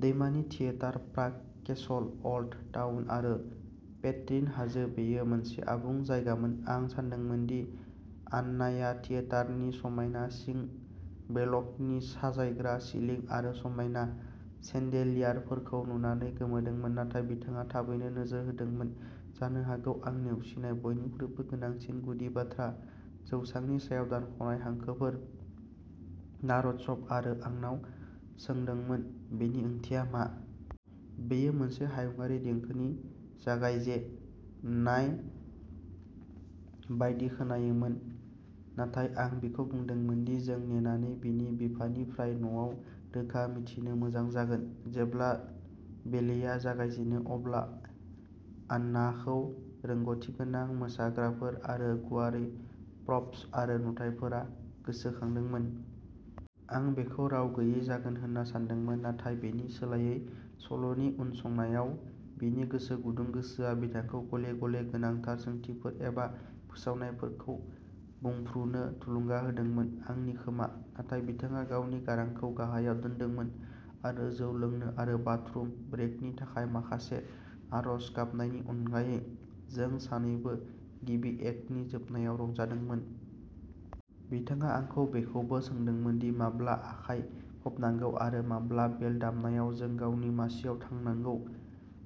दैमानि theatre, Prague Castle, Old Town आरो Petrin हाजो, बेयो मोनसे आबुं जायगामोन। आं सानदोंमोन दि आननाया थियेटारनि समायना सिं, बेलकनि, साजायग्रा सिलिं आरो समायना सेन्डेलियारफोरखौ नुनानै गोमोदोंमोन। नाथाय बिथाङा थाबैनो नोजोर होदोंमोन, जानो हागौ आं नेवसिनाय बयनिख्रुइबो गोनांसिन गुदि बाथ्रा, जौसांनि सायाव दानख'नाय हांखोफोर, नार'ड सब आरो आंनाव सोंदोंमोन बेनि ओंथिया मा। बेयो मोनसे हायुङारि देंखोनि जागायजे ननाय बायदि खोनायोमोन, नाथाय आं बिखौ बुंदोंमोन दि जों नेनानै बिनि बिफानिफ्राय न'आव रोखा मिथिनो मोजां जागोन। जेब्ला बेलेआ जागायजेनो, अब्ला आननाखौ रोंग'थिगोनां मोसाग्राफोर आरो गुवारै प्रप्स आरो नुथायफोरा गोसोखांदोंमोन। आं बेखौ राव गैयै जागोन होनना सानदोंमोन, नाथाय बेनि सोलायै, सल'नि उनसंनायाव बिनि गोसो गुदुं गोसोआ बिथांखौ गले गले गोनांथार सोंथिफोर एबा फोसावनायफोरखौ बुंफ्रुनो थुलुंगा होदोंमोन। आंनि खोमा। नाथाय बिथाङा गावनि गारांखौ गाहायाव दोनदोंमोन आरो जौ लोंनो आरो बाथरुम ब्रेकनि थाखाय माखासे आर'ज गाबनायनि अनगायै, जों सानैबो गिबि एक्टनि जोबनायाव रंजादोंमोन। बिथाङा आंखौ बेखौबो सोंदोंमोन दि माब्ला आखाइ खबनांगौ आरो माब्ला बेल दामनायाव जों गावनि मासिआव थांनांगौ।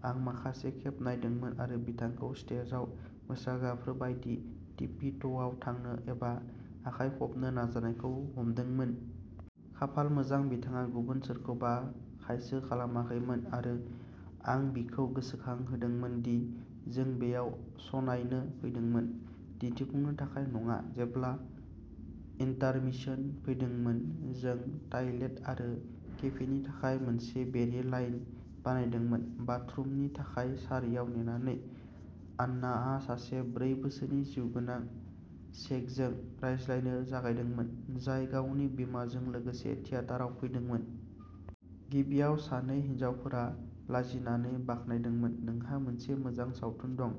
आं माखासे खेब नायदोंमोन आरो बिथांखौ स्टेजआव मोसाग्राफोर बायदि टिपी ट'आव थांनो एबा आखाइ खबनो नाजानायखौ हमदोंमोन। खाफाल मोजां, बिथाङा गुबुन सोरखौबा खायसो खालामाखैमोन आरो आं बिखौ गोसोखांहोदोंमोन दि जों बेयाव श'नायनो फैदोंमोन, दिन्थिफुंनो थाखाय नङा। जेब्ला इन्टारमिशन फैदोंमोन, जों टायलेट आरो केफेनि थाखाय मोनसे बेरे लाइन बानायदोंमोन। बाथरुमनि थाखाय सारियाव नेनानै, आननाआ सासे ब्रै बोसोरनि जिउगोनां चेकजों रायज्लायनो जागायदोंमोन, जाय गावनि बिमाजों लोगोसे थियेटाराव फैदोंमोन। गिबियाव, सानै हिनजावफोरा लाजिनायै बाखनायदोंमोन, नोंहा मोनसे मोजां सावथुन दं।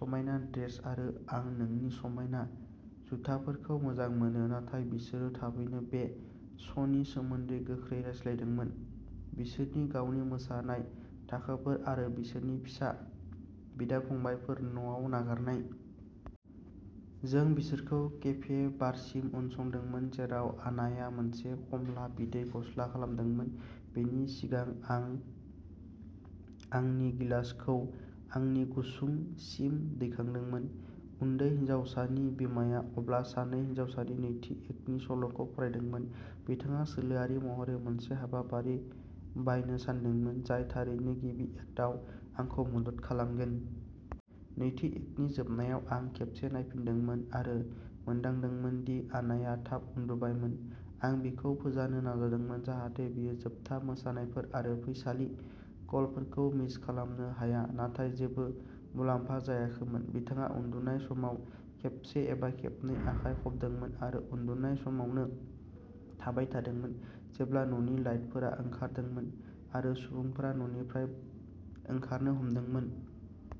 समायना ड्रेस आरो आं नोंनि समायना जुथाफोरखौ मोजां मोनो, नाथाय बिसोरो थाबैनो बे श'नि सोमोन्दै गोख्रै रायज्लायदोंमोन, बिसोरनि गावनि मोसानाय थाखोफोर आरो बिसोरनि फिसा बिदा-फंबायफोर, न'आव नागारनाय। जों बिसोरखौ केफे बारसिम उनसंदोंमोन, जेराव आनाया मोनसे खमला बिदै गस्ला खालामदोंमोन, बेनि सिगां आं आंनि गिलासखौ आंनि गुसुंसिम दैखांदोंमोन। उन्दै हिनजावसानि बिमाया अब्ला सानै हिनजावसानि नैथि एक्टनि सल'खौ फरायदोंमोन। बिथाङा सोलोआरि महरै मोनसे हाबाफारि बायनो सानदोंमोन, जाय थारैनो गिबि एक्टआव आंखौ मदद खालामगोन। नैथि एक्टनि जोबनायाव, आं खेबसे नायफिनदोंमोन आरो मोनदांदोंमोन दि आनाया थाब उन्दुबायमोन। आं बिखौ फोजानो नाजादोंमोन जाहाथे बियो जोबथा मोसानायफोर आरो फैसालि कलफोरखौ मिस खालामनो हाया, नाथाय जेबो मुलाम्फा जायाखैमोन। बिथाङा उन्दुनाय समाव खेबसे एबा खेबनै आखाइ खबदोंमोन आरो उन्दुनाय समावनो थाबाय थादोंमोन, जेब्ला न'नि लाइटफोरा ओंखारदोंमोन आरो सुबुंफोरा न'निफ्राय ओंखारनो हमदोंमोन।